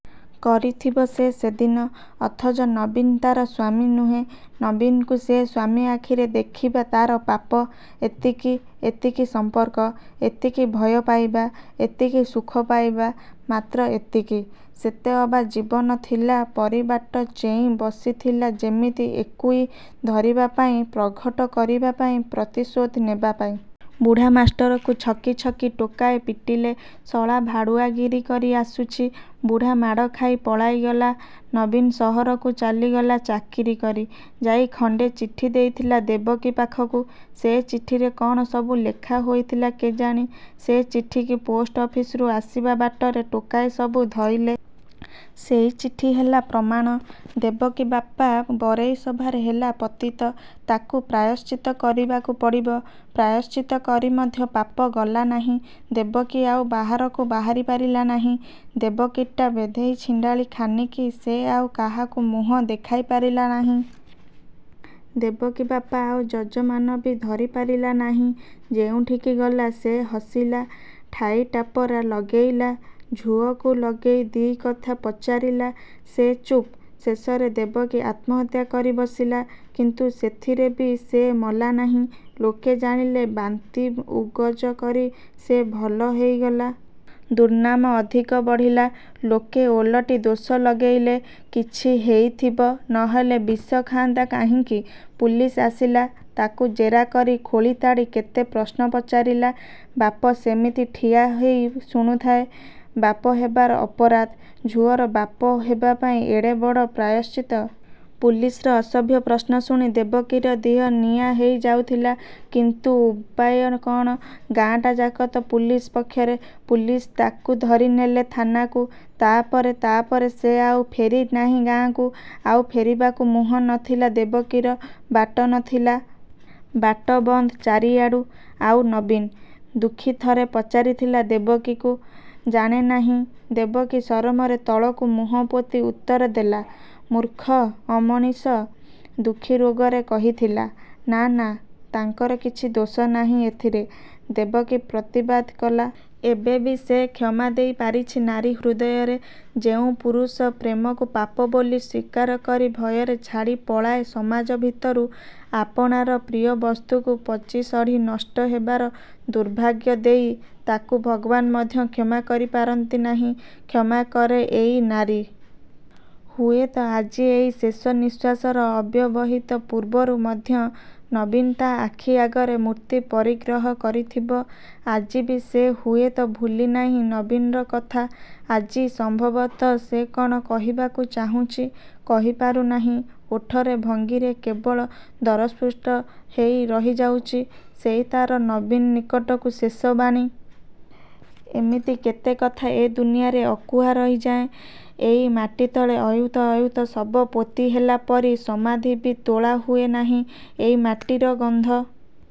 କରିଥିବ ସେ ସେଦିନ। ଅଥଚ ନବୀନ ତା'ର ସ୍ୱାମୀ ନୁହେଁ। ନବୀନକୁ ସେ ସ୍ୱାମୀ ଆଖିରେ ଦେଖିବା ତା'ର ପାପ। ଏତିକି। ଏତିକି ସମ୍ପର୍କ। ଏତିକି ଭୟ ପାଇବା–ଏତିକି ସୁଖ ପାଇବା। ମାତ୍ର ଏତିକି। ସେତେ ଅବା ଜୀବନ ଥିଲା। ପରି ବାଟ ଚେଇଁ ବସିଥିଲା ଯେମିତି ଏକୁଇ ଧରିବାପାଇଁ–ପ୍ରଘଟ କରିବାପାଇଁ–ପ୍ରତିଶୋଧ ନେବା ପାଇଁ। ବୁଢ଼ା ମାଷ୍ଟରକୁ ଛକି ଛକି ଟୋକାଏ ପିଟିଲେ–ଶଳା ଭାଡ଼ୁଆଗିରି କରି ଆସୁଛି। ବୁଢାମାଡ଼ ଖାଇ ପଳାଇ ଗଲା। ନବୀନ ସହରକୁ ଚାଲିଗଲା ଚାକିରି କରି–ଯାଇ ଖଣ୍ଡେ ଚିଠି ଦେଇଥିଲା ଦେବକୀ ପାଖକୁ। ସେ ଚିଠିରେ କ'ଣ ସବୁ ଲେଖା ହୋଇଥିଲା କେଜାଣି–ସେ ଚିଠିକି ପୋଷ୍ଟ ଅଫିସରୁ ଆସିବା ବାଟରେ ଟୋକାଏ ସବୁ ଧଇଲେ। ସେଇ ଚିଠି ହେଲା ପ୍ରମାଣ। ଦେବକୀ ବାପା ବରେଇ ସଭାରେ ହେଲା ପତିତ। ତାକୁ ପ୍ରାୟଶ୍ଚିତ୍ତ କରିବାକୁ ପଡ଼ିବ। ପ୍ରାୟଶ୍ଚିତ୍ତ କରି ମଧ୍ୟ ପାପ ଗଲା ନାହିଁ। ଦେବକୀ ଆଉ ବାହାରକୁ ବାହାରି ପାରିଲା ନାହିଁ। ଦେବକୀଟା ବେଧେଇ, ଛିଣ୍ଡାଳି ଖାନିକି। ସେ ଆଉ କାହାକୁ ମୁହଁ ଦେଖାଇ ପାରିଲା ନାହିଁ। ଦେବକୀ ବାପା ଆଉ ଯଜମାନବି ଧରିପାରିଲା ନାହିଁ ଯେଉଁଠିକି ଗଲା, ସେ ହସିଲା, ଟାହି ଟାପରା ଲଗେଇଲା–ଝୁଅକୁ ଲଗେଇ ଦି'କଥା ପଚାରିଲା। ସେ ଚୁପ୍। ଶେଷରେ ଦେବକୀ ଆତ୍ମହତ୍ୟା କରି ବସିଲା। କିନ୍ତୁ ସେଥିରେବି ସେ ମଲା ନାହିଁ। ଲୋକେ ଜାଣିଲେ। ବାନ୍ତି ଉଗଜ କରି ସେ ଭଲ ହେଇଗଲା। ଦୁର୍ନାମ ଅଧିକ ବଢ଼ିଲା। ଲୋକେ ଓଲଟି ଦୋଷ ଲଗେଇଲେ–''କିଛି ହେଇଥିବ, ନହେଲେ ବିଷ ଖାଆନ୍ତା କାହିଁକି? ପୁଲିସ ଆସିଲା। ତାକୁ ଜେରା କରି ଖୋଳିତାଡ଼ି କେତେ ପ୍ରଶ୍ନ ପଚାରିଲା। ବାପ ସେମିତି ଠିଆ ହେଇ ଶୁଣୁଥାଏ। ବାପ ହେବାର ଅପରାଧ। ଝୁଅର ବାପ ହେବାପାଇଁ ଏଡ଼େ ବଡ଼ ପ୍ରାୟଶ୍ଚିତ୍ତ। ପୁଲିସର ଅସଭ୍ୟ ପ୍ରଶ୍ନ ଶୁଣି ଦେବକୀର ଦିହ ନିଆଁ ହେଇ ଯାଉଥିଲା। କିନ୍ତୁ ଉପାୟ କ'ଣ? ଗାଁଟାଯାକ ତ ପୁଲିସ ପକ୍ଷରେ। ପୁଲିସ ତାକୁ ଧରିନେଲେ ଥାନାକୁ। ତା'ପରେ–ତା'ପରେ। ସେ ଆଉ ଫେରି ନାହିଁ ଗାଁକୁ। ଆଉ ଫେରିବାକୁ ମୁହଁ ନଥିଲା ଦେବକୀର, ବାଟ ନଥିଲା। ବାଟ ବନ୍ଦ ଚାରିଆଡ଼ୁ। ''ଆଉ ନବୀନ? '' ଦୁଃଖୀ ଥରେ ପଚାରିଥିଲା ଦେବକୀକୁ। ''ଜାଣେ ନାହିଁ। '' ଦେବକୀ ସରମରେ ତଳକୁ ମୁହଁ ପୋତି ଉତ୍ତର ଦେଲା। ''ମୂର୍ଖ–ଅମଣିଷ। '' ଦୁଃଖୀ ରାଗରେ କହିଥିଲା। ''ନା–ନା ତାଙ୍କର କିଛି ଦୋଷ ନାହିଁ ଏଥିରେ। '' ଦେବକୀ ପ୍ରତିବାଦ କଲା। ଏବେବି ସେ କ୍ଷମା ଦେଇ ପାରିଛି ନାରୀ ହୃଦୟରେ। ଯେଉଁ ପୁରୁଷ ପ୍ରେମକୁ ପାପ ବୋଲି ସ୍ୱୀକାର କରି ଭୟରେ ଛାଡ଼ି ପଳାଏ ସମାଜ ଭିତରୁ, ଆପଣାର ପ୍ରିୟବସ୍ତୁକୁ ପଚି ଶଢ଼ି ନଷ୍ଟ ହେବାର ଦୁର୍ଭାଗ୍ୟ ଦେଇ, ତାକୁ ଭଗବାନ୍ ମଧ୍ୟ କ୍ଷମା କରି ପାରନ୍ତି ନାହିଁ–କ୍ଷମା କରେ ଏଇ ନାରୀ-। ହୁଏତ ଆଜି ଏଇ ଶେଷ ନିଃଶ୍ୱାସର ଅବ୍ୟବହିତ ପୂର୍ବରୁ ମଧ୍ୟ ନବୀନ ତା' ଆଖି ଆଗରେ ମୂର୍ତ୍ତି ପରିଗ୍ରହ କରିଥିବ। ଆଜିବି ସେ ହୁଏତ ଭୁଲି ନାହିଁ ନବୀନର କଥା। ଆଜି ସମ୍ଭବତଃ ସେ କ'ଣ କହିବାକୁ ଚାହୁଁଛି, କହିପାରୁ ନାହିଁ–ଓଠର ଭଙ୍ଗିରେ କେବଳ ଦରସ୍ଫୁଟ ହେଇ ରହିଯାଉଛି–ସେଇ ତା'ର ନବୀନ ନିକଟକୁ ଶେଷ ବାଣୀ। ଏମିତି କେତେ କଥା ଏ ଦୁନିଆରେ ଅକୁହା ରହିଯାଏଁ–ଏଇ ମାଟିତଳେ ଅୟୁତ ଅୟୁତ ଶବ ପୋତି ହେଲାପରି। ସମାଧିବି ତୋଳା ହୁଏ ନାହିଁ। ଏଇ ମାଟିର ଗନ୍ଧ,